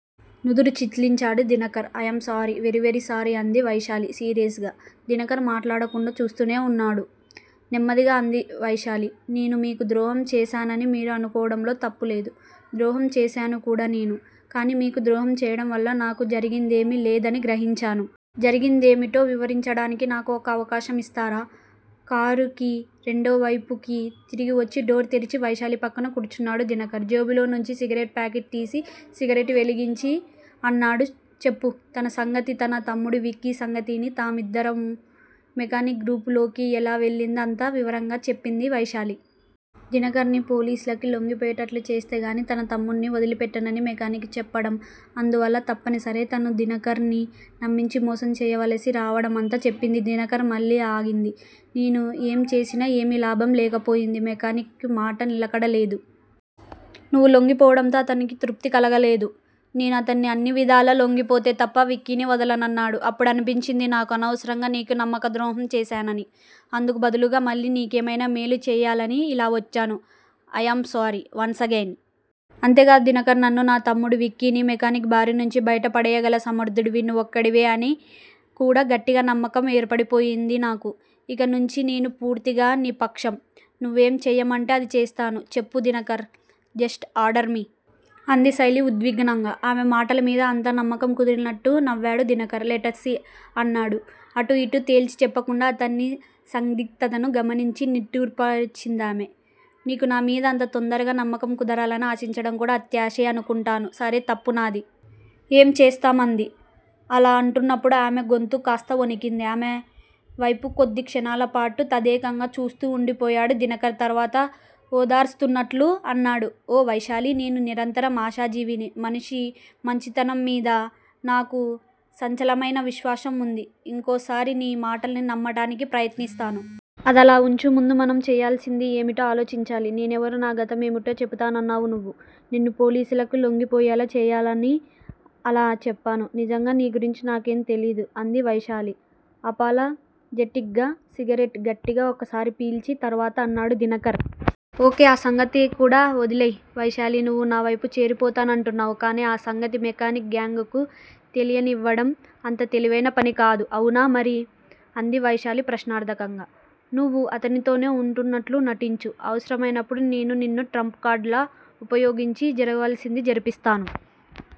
నుదురు చిట్లించాడు Dinakar. I am sorry! Very very sorry! అంది వైశాలి సిన్సియర్ గా. దినకర్ మాట్లాడకుండా చూస్తూనే వున్నాడు. నెమ్మదిగా అంది వైశాలి. నేను మీకు ద్రోహం చేసానని మీరు అనుకోవడంలో తప్పులేదు. ద్రోహం చేసాను కూడా నేను. కానీ మీకు ద్రోహం చేయడం వల్ల నాకు జరిగిందేమీ లేదని గ్రహించాను. జరిగిందేమిటో వివరించడానికి నాకు ఒక్క అవకాశం ఇస్తారా? కారుకి రెండో వైపుకి తిరిగివచ్చి డోర్ తెరిచి వైశాలి పక్కన కూర్చున్నాడు దినకర్. జేబులోనుంచి సిగరెట్ ప్యాకెట్ తీసి సిగరెట్ వెలిగించి అన్నాడు. చెప్పు! తన సంగతీ, తన తమ్ముడు విక్కీ సంగతీ, తామిద్దరూ మెకానిక్ గ్రిప్ లోకి ఎలా వెళ్ళిందీ అంతా వివరంగా చెప్పింది వైశాలి. దినకర్ ని పోలీసులకి లొంగిపోయేటట్లు చేస్తేగానీ తన తమ్ముడిని వదిలిపెట్టనని మెకానిక్ చెప్పడం, అందువల్ల తప్పనిసరై తను దినకర్ ని నమ్మించి మోసం చేయవలసి రావడం అంతా చెప్పింది. దినకర్! మళ్ళీ ఆగింది నేను ఏం చేసినా ఏమీ లాభం లేకపోయింది. మెకానిక్ మాట నిలకడ లేదు. నువ్వు లొంగిపోవడంతో అతనికి తృప్తి కలగలేదు. నేను అతనికి అన్ని విధాలా లొంగిపోతే తప్ప విక్కీని వదలనన్నాడు. అప్పుడనిపించింది నాకు! అనవసరంగా నీకు నమ్మక ద్రోహం చేశానని! అందుకు బదులుగా మళ్ళీ నీకేమయినా మేలు చెయ్యాలని ఇలా వచ్చాను. I am sorry! Once again! అంతేకాదు దినకర్! నన్నూ, నా తమ్ముడు విక్కీని మెకానిక్ బారినుంచి బయట పడెయ్యగల సమర్దుడివి నువ్వొక్కడివే అని కూడా గట్టిగా నమ్మకం ఏర్పడిపోయింది నాకు. ఇక నుంచీ నేను పూర్తిగా నీ పక్షం! నువ్వేం చేయమంటే అది చేస్తాను. చెప్పు దినకర్! Just order me! అంది వైశాలి ఉద్విగ్నంగా. ఆమె మాటలమీద అంతగా నమ్మకం కుదరనట్లు నవ్వాడు దినకర్. Let's see! అన్నాడు అటూ ఇటూ తేల్చిచెప్పకుండా. అతని సందిగ్ధతని గమనించి నిట్టూర్పఇచ్చిందమే నీకు నా మీద అంత తొందరగా నమ్మకం కుదరాలని ఆశించడం కూడా అత్యాశే అనుకుంటాను. సరే తప్పు నాది! ఏం చేస్తాం? అంది. అలా అంటున్నప్పుడు ఆమె గొంతు కాస్త వణికింది. ఆమె వైపు కొద్ది క్షణాలపాటు తదేకంగా చూస్తూ వుండిపోయాడు దినకర్. తర్వాత ఓదారుస్తున్నట్లు అన్నాడు. ఓకే వైశాలి! నేను నిరంతరం ఆశాజీవిని. మనిషి మంచితనంమీద నాకు చంచలమయిన విశ్వాసం వుంది. ఇంకోసారి నీ మాటలు నమ్మడానికి ప్రయత్నిస్తాను. అదలా వుంచు. ముందు మనం చెయ్యాల్సింది ఏమిటో ఆలోచించాలి. నేనెవరో, నా గతమేమిటో చెబుతానన్నావు నువ్వు! నిన్ను పోలీసులకి లొంగిపోయేలా చెయ్యాలని అలా చెప్పాను. నిజంగా నీ గురించి నాకేం తెలీదు అంది వైశాలి అపాలజెటిక్ గా. సిగరెట్ గట్టిగా ఒకసారి పీల్చి తర్వాత అన్నాడు దినకర్! ఓకే! ఆ సంగతి కూడా వదిలెయ్! వైశాలీ! నువ్వు నావైపు చేరిపోతానంటున్నావు. కానీ ఆ సంగతి మెకానిక్ గ్యాంగుకి తెలియనివ్వడం అంత తెలివయిన పనికాదు అవునా? మరి? అంది వైశాలి ప్రశ్నార్ధకంగా. నువ్వు అతనితోనే వుంటున్నట్లు నటించు. అవసరమయినప్పుడు నేను నిన్ను ట్రంప్ కార్డులా ఉపయోగించి జరగాల్సింది జరిపిస్తాను.